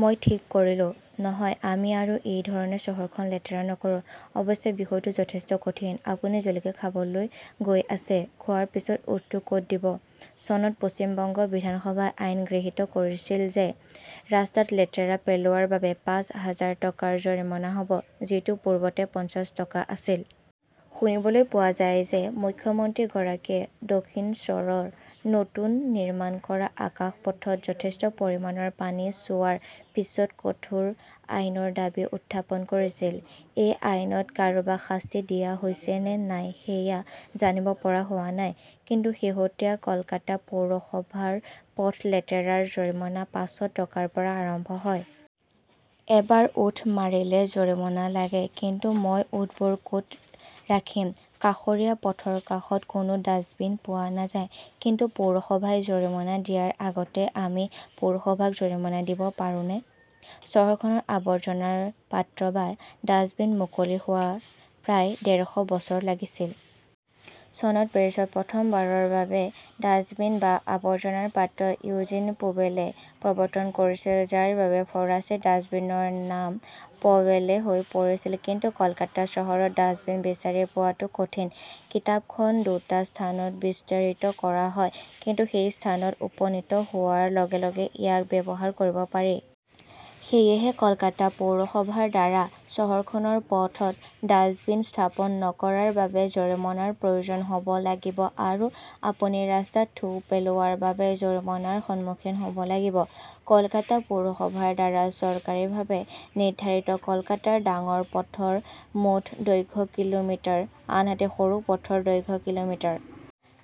মই ঠিক কৰিলো, নহয়, আমি আৰু এই ধৰণে চহৰখন লেতেৰা নকৰো। অৱশ্যে, বিষয়টো যথেষ্ট কঠিন। আপুনি জলকীয়া খাবলৈ গৈ আছে, খোৱাৰ পিছত ওঁঠটো ক "ত দিব? চনত পশ্চিম বংগ বিধানসভাই আইন গৃহীত কৰিছিল যে ৰাস্তাত লেতেৰা পেলোৱাৰ বাবে পাঁচ হাজাৰ টকাৰ জৰিমনা হ 'ব, যিটো পূৰ্বতে পঞ্চাশ টকা আছিল। শুনিবলৈ পোৱা যায় যে মুখ্যমন্ত্ৰীগৰাকীয়ে দক্ষিণশ্বৰত নতুনকৈ নিৰ্মাণ কৰা আকাশপথত যথেষ্ট পৰিমাণৰ পানী চোৱাৰ পিছত কঠোৰ আইনৰ দাবী উত্থাপন কৰিছিল। এই আইনত কাৰোবাক শাস্তি দিয়া হৈছে নে নাই সেয়া জানিব পৰা হোৱা নাই, কিন্তু শেহতীয়া কলকাতা পৌৰসভাৰ পথ লেতেৰাৰ জৰিমনা পাঁচশ টকাৰ পৰা আৰম্ভ হয়। এবাৰ ওঁঠ মাৰিলে জৰিমনা লাগে। কিন্তু মই ওঁঠবোৰ ক "ত ৰাখিম? কাষৰীয়া পথৰ কাষত কোনো ডেষ্টবিন পোৱা নাযায়। কিন্তু পৌৰসভাই জৰিমনা দিয়াৰ আগতে আমি পৌৰসভাক জৰিমনা দিব পাৰোঁনে? চহৰখনত আৱৰ্জনাৰ পাত্ৰ বা ডাস্টবিন মুকলি হোৱাৰ প্ৰায় ডেৰশ বছৰ লাগিছিল। চনত পেৰিছত প্ৰথমবাৰৰ বাবে ডাস্টবিন বা আৱৰ্জনাৰ পাত্ৰ ইউজিন পোবেলে প্ৰৱৰ্তন কৰিছিল যাৰ বাবে ফৰাচী ডাস্টবিনৰ নাম প 'বেলে হৈ পৰিছিল। কিন্তু কলকাতা চহৰত ডাস্টবিন বিচাৰি পোৱাটো কঠিন। কিতাপখন দুটা স্থানত বিস্তাৰিত কৰা হয়, কিন্তু সেই স্থানত উপনীত হোৱাৰ লগে লগে ইয়াক ব্যৱহাৰ কৰিব পাৰি। সেয়েহে কলকাতা পৌৰসভাৰ দ্বাৰা চহৰখনৰ পথত ডাষ্টবিন স্থাপন নকৰাৰ বাবে জৰিমনাৰ প্ৰয়োজন হ 'ব লাগিব আৰু আপুনি ৰাস্তাত থু পেলোৱাৰ বাবে জৰিমনাৰ সন্মুখীন হ' ব লাগিব। কলকাতা পৌৰসভাৰ দ্বাৰা চৰকাৰীভাৱে নিৰ্ধাৰিত কলকাতাৰ ডাঙৰ পথৰ মুঠ দৈৰ্ঘ্য কিলোমিটাৰ, আনহাতে সৰু পথৰ দৈৰ্ঘ্য কিলোমিটাৰ।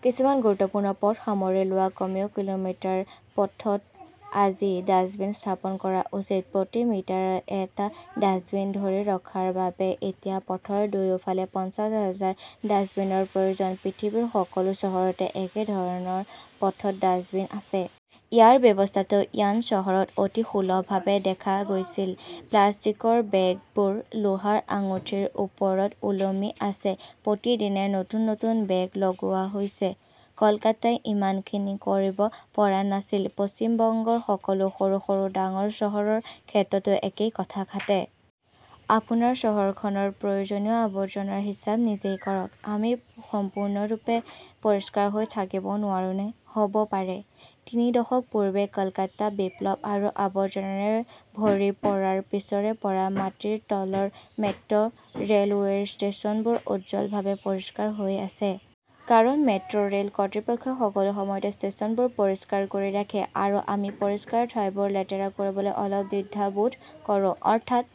কিছুমান গুৰুত্বপূৰ্ণ পথ সামৰি লোৱা কমেও কিলোমিটাৰ পথত আজি ডাস্টবিন স্থাপন কৰা উচিত। প্ৰতি মিটাৰত এটা ডাস্টবিন ধৰি ৰখাৰ বাবে এতিয়া পথৰ দুয়োফালে পঞ্চাশ হাজাৰ ডাস্টবিনৰ প্ৰয়োজন। পৃথিৱীৰ সকলো চহৰতে একে ধৰণৰ পথত ডাস্টবিন আছে। ইয়াৰ ব্যৱস্থাটো ইয়াংন চহৰত অতি সুলভভাৱে দেখা গৈছিল। প্লাষ্টিকৰ বেগবোৰ লোহাৰ আঙুঠিৰ ওপৰত ওলমি আছে, প্ৰতিদিনে নতুন নতুন বেগ লগোৱা হৈছে। কলকাতাই ইমানখিনি কৰিব পৰা নাছিল। পশ্চিম বংগৰ সকলো সৰু সৰু ডাঙৰ চহৰৰ ক্ষেত্ৰতো একেই কথা খাটে। আপোনাৰ চহৰখনৰ প্ৰয়োজনীয় আৱৰ্জনাৰ হিচাপ নিজে কৰক। আমি সম্পূৰ্ণৰূপে পৰিষ্কাৰ হৈ থাকিব নোৱাৰোঁনে? হ 'ব পাৰে। তিনি দশক পূৰ্বে কলকাতা বিপ্লৱ আৰু আৱৰ্জনাৰে ভৰি পৰাৰ পিছৰে পৰা মাটিৰ তলৰ মেট্ৰ' ৰে 'লৱেৰ ষ্টেচনবোৰ উজ্জ্বলভাৱে পৰিষ্কাৰ হৈ আছে। কাৰণ মেট্ৰ "ৰে" ল কৰ্তৃপক্ষই সকলো সময়তে ষ্টেচনবোৰ পৰিষ্কাৰ কৰি ৰাখে আৰু আমি পৰিষ্কাৰ ঠাইবোৰ লেতেৰা কৰিবলৈ অলপ দ্বিধাবোধ কৰোঁ। অৰ্থাৎ,